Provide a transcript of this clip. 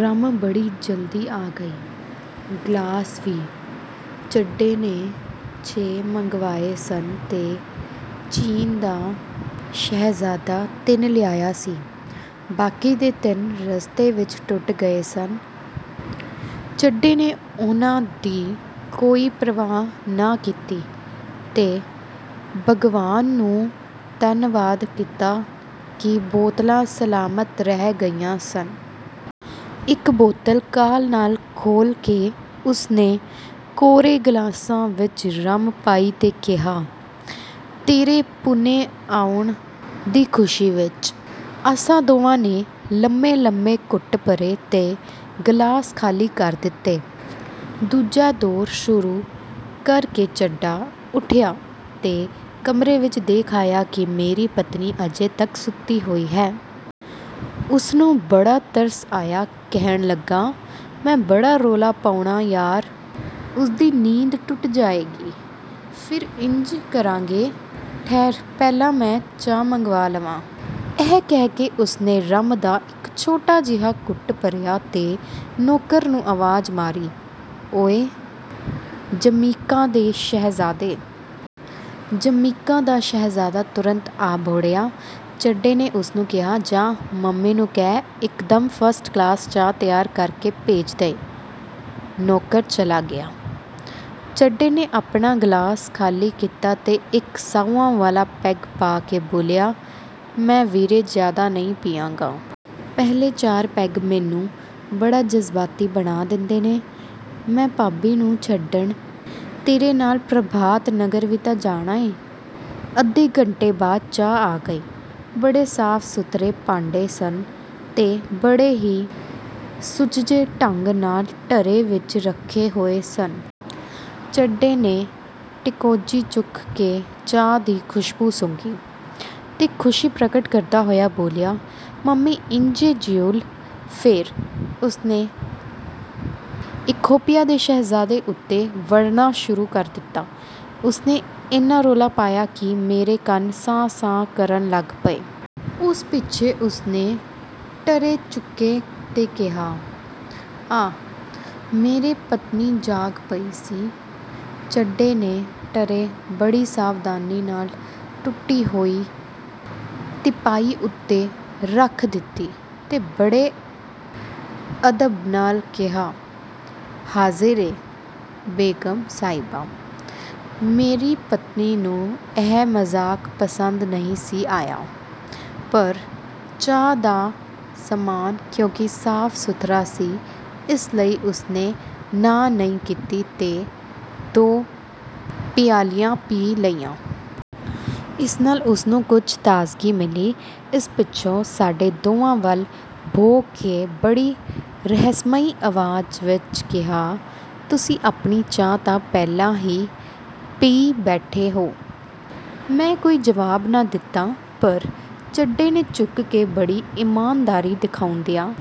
Rum ਬੜੀ ਜਲਦੀ ਆ ਗਈ, ਗਲਾਸ ਵੀ। ਚੱਡੇ ਨੇ ਛੇ ਮੰਗਵਾਏ ਸਨ ਤੇ ਚੀਨ ਦਾ ਸ਼ਹਿਜ਼ਾਦਾ ਤਿੰਨ ਲਿਆਇਆ ਸੀ, ਬਾਕੀ ਦੇ ਤਿੰਨ ਰਸਤੇ ਵਿਚ ਟੁੱਟ ਗਏ ਸਨ। ਚੱਡੇ ਨੇ ਉਹਨਾਂ ਦੀ ਕੋਈ ਪ੍ਰਵਾਹ ਨਾ ਕੀਤੀ ਤੇ ਭਗਵਾਨ ਨੂੰ ਧੰਨਵਾਦ ਦਿੱਤਾ ਕਿ ਬੋਤਲਾਂ ਸਲਾਮਤ ਰਹਿ ਗਈਆਂ ਸਨ। ਇਕ ਬੋਤਲ ਕਾਹਲ ਨਾਲ ਖੋਹਲ ਕੇ ਉਸਨੇ ਕੋਰੇ ਗਲਾਸਾਂ ਵਿਚ ਰੰਮ ਪਾਈ ਤੇ ਕਿਹਾ, "ਤੇਰੇ ਪੂਨੇ ਆਉਣ ਦੀ ਖੁਸ਼ੀ ਵਿਚ। "ਅਸਾਂ ਦੋਵਾਂ ਨੇ ਲੰਮੇਂ-ਲੰਮੇਂ ਘੁੱਟ ਭਰੇ 'ਤੇ ਗ਼ਲਾਸ ਖ਼ਾਲੀ ਕਰ ਦਿੱਤੇ। ਦੂਜਾ ਦੌਰ ਸ਼ੁਰੂ ਕਰਕੇ ਚੱਡਾ ਉੱਠਿਆ ਤੇ ਕਮਰੇ ਵਿਚ ਦੇਖ ਆਇਆ ਕਿ ਮੇਰੀ ਪਤਨੀ ਅਜੇ ਤਕ ਸੁੱਤੀ ਹੋਈ ਹੈ। ਉਸਨੂੰ ਬੜਾ ਤਰਸ ਆਇਆ। ਕਹਿਣ ਲੱਗਾ, "ਮੈਂ ਬੜਾ ਰੌਲਾ ਪਾਉਣਾ ਯਾਰ, ਉਸਦੀ ਨੀਂਦ ਟੁੱਟ ਜਾਏਗੀ। ਫੇਰ ਇੰਜ ਕਰਾਂਗੇ, ਠਹਿਰ ਪਹਿਲਾਂ ਮੈਂ ਚਾਹ ਮੰਗਵਾ ਲਵਾਂ। " ਇਹ ਕਹਿ ਕੇ ਉਸਨੇ ਰੰਮ ਦਾ ਇਕ ਛੋਟਾ ਜਿਹਾ ਘੁੱਟ ਭਰਿਆ ਤੇ ਨੌਕਰ ਨੂੰ ਆਵਾਜ਼ ਮਾਰੀ, "ਓਇ ਜਮੀਕਾ ਦੇ ਸ਼ਹਿਜ਼ਾਦੇ! " ਜਮੀਕਾ ਦਾ ਸ਼ਹਿਜ਼ਾਦਾ ਤੁਰੰਤ ਆ ਬਹੁੜਿਆ। ਚੱਡੇ ਨੇ ਉਸਨੂੰ ਕਿਹਾ, "ਜਾਹ, ਮੰਮੀ ਨੂੰ ਕਹਿ, ਇਕਦਮ ਫਸਟ ਕਲਾਸ ਚਾਹ ਤਿਆਰ ਕਰਕੇ ਭੇਜ ਦਏ। " ਨੌਕਰ ਚਲਾ ਗਿਆ। ਚੱਡੇ ਨੇ ਆਪਣਾ ਗ਼ਲਾਸ ਖ਼ਾਲੀ ਕੀਤਾ ਤੇ ਇਕ ਸਾਊਆਂ ਵਾਲਾ ਪੈਗ ਪਾ ਕੇ ਬੋਲਿਆ, "ਮੈਂ ਵੀਰੇ, ਜ਼ਿਆਦਾ ਨਹੀਂ ਪੀਆਂਗਾ। ਪਹਿਲੇ ਚਾਰ ਪੈਗ ਮੈਨੂੰ ਬੜਾ ਜਜ਼ਬਾਤੀ ਬਣਾ ਦਿੰਦੇ ਨੇ। ਮੈਂ ਭਾਬੀ ਨੂੰ ਛੱਡਣ ਤੇਰੇ ਨਾਲ ਪ੍ਰਭਾਤਨਗਰ ਵੀ ਤਾਂ ਜਾਣਾ ਏਂ। " ਅੱਧੇ ਘੰਟੇ ਬਾਅਦ ਚਾਹ ਆ ਗਈ। ਬੜੇ ਸਾਫ-ਸੁਥਰੇ ਭਾਂਡੇ ਸਨ ਤੇ ਬੜੇ ਹੀ ਸੁਚੱਜੇ ਢੰਗ ਨਾਲ ਟੱਰੇ ਵਿਚ ਰੱਖੇ ਹੋਏ ਸਨ। ਚੱਡੇ ਨੇ ਟੀਕੋਜੀ ਚੁੱਕ ਕੇ ਚਾਹ ਦੀ ਖ਼ੁਸ਼ਬੂ ਸੁੰਘੀ ਤੇ ਖ਼ੁਸ਼ੀ ਪ੍ਰਗਟ ਕਰਦਾ ਹੋਇਆ ਬੋਲਿਆ, "ਮੰਮੀ ਇਜ਼ ਏ ਜਿਊਲ" ਫੇਰ ਉਸਨੇ ਇਖੋਪੀਆ ਦੇ ਸ਼ਹਿਜ਼ਾਦੇ ਉੱਤੇ ਵਰ੍ਹਣਾ ਸ਼ੁਰੂ ਕਰ ਦਿੱਤਾ। ਉਸਨੇ ਏਨਾ ਰੌਲਾ ਪਾਇਆ ਕਿ ਮੇਰੇ ਕੰਨ ਸਾਂ-ਸਾਂ ਕਰਨ ਲੱਗ ਪਏ। ਉਸ ਪਿੱਛੋਂ ਉਸਨੇ ਟਰੇ ਚੁੱਕੀ ਤੇ ਕਿਹਾ, "ਆ!" ਮੇਰੀ ਪਤਨੀ ਜਾਗ ਪਈ ਸੀ। ਚੱਡੇ ਨੇ ਟਰੇ ਬੜੀ ਸਾਵਧਾਨੀ ਨਾਲ ਟੁੱਟੀ ਹੋਈ ਤਿਪਾਈ ਉੱਤੇ ਰੱਖ ਦਿੱਤੀ ਤੇ ਬੜੇ ਅਦਬ ਨਾਲ ਕਿਹਾ, "ਹਾਜ਼ਿਰ ਹੈ, ਬੇਗ਼ਮ ਸਾਹਿਬਾ " ਮੇਰੀ ਪਤਨੀ ਨੂੰ ਇਹ ਮਜ਼ਾਕ ਪਸੰਦ ਨਹੀਂ ਸੀ ਆਇਆ, ਪਰ ਚਾਹ ਦਾ ਸਾਮਾਨ ਕਿਉਂਕਿ ਸਾਫ-ਸੁਥਰਾ ਸੀ, ਇਸ ਲਈ ਉਸਨੇ ਨਾਂਹ ਨਹੀਂ ਕੀਤੀ ਤੇ ਦੋ ਪਿਆਲੀਆਂ ਪੀ ਲਈਆਂ। ਇਸ ਨਾਲ ਉਸਨੂੰ ਕੁਝ ਤਾਜ਼ਗੀ ਮਿਲੀ। ਇਸ ਪਿੱਛੋਂ ਸਾਡੇ ਦੋਵਾਂ ਵੱਲ ਭੌਂ ਕੇ ਬੜੀ ਰਹੱਸਮਈ ਆਵਾਜ਼ ਵਿਚ ਕਿਹਾ, "ਤੁਸੀਂ ਆਪਣੀ ਚਾਹ ਤਾਂ ਪਹਿਲਾਂ ਹੀ ਪੀਈ ਬੈਠੇ ਓ! "ਮੈਂ ਕੋਈ ਜਵਾਬ ਨਾ ਦਿੱਤਾ ਪਰ ਚੱਡੇ ਨੇ ਝੁਕ ਕੇ ਬੜੀ ਈਮਾਨਦਾਰੀ ਦਿਖਾਉਂਦਿਆ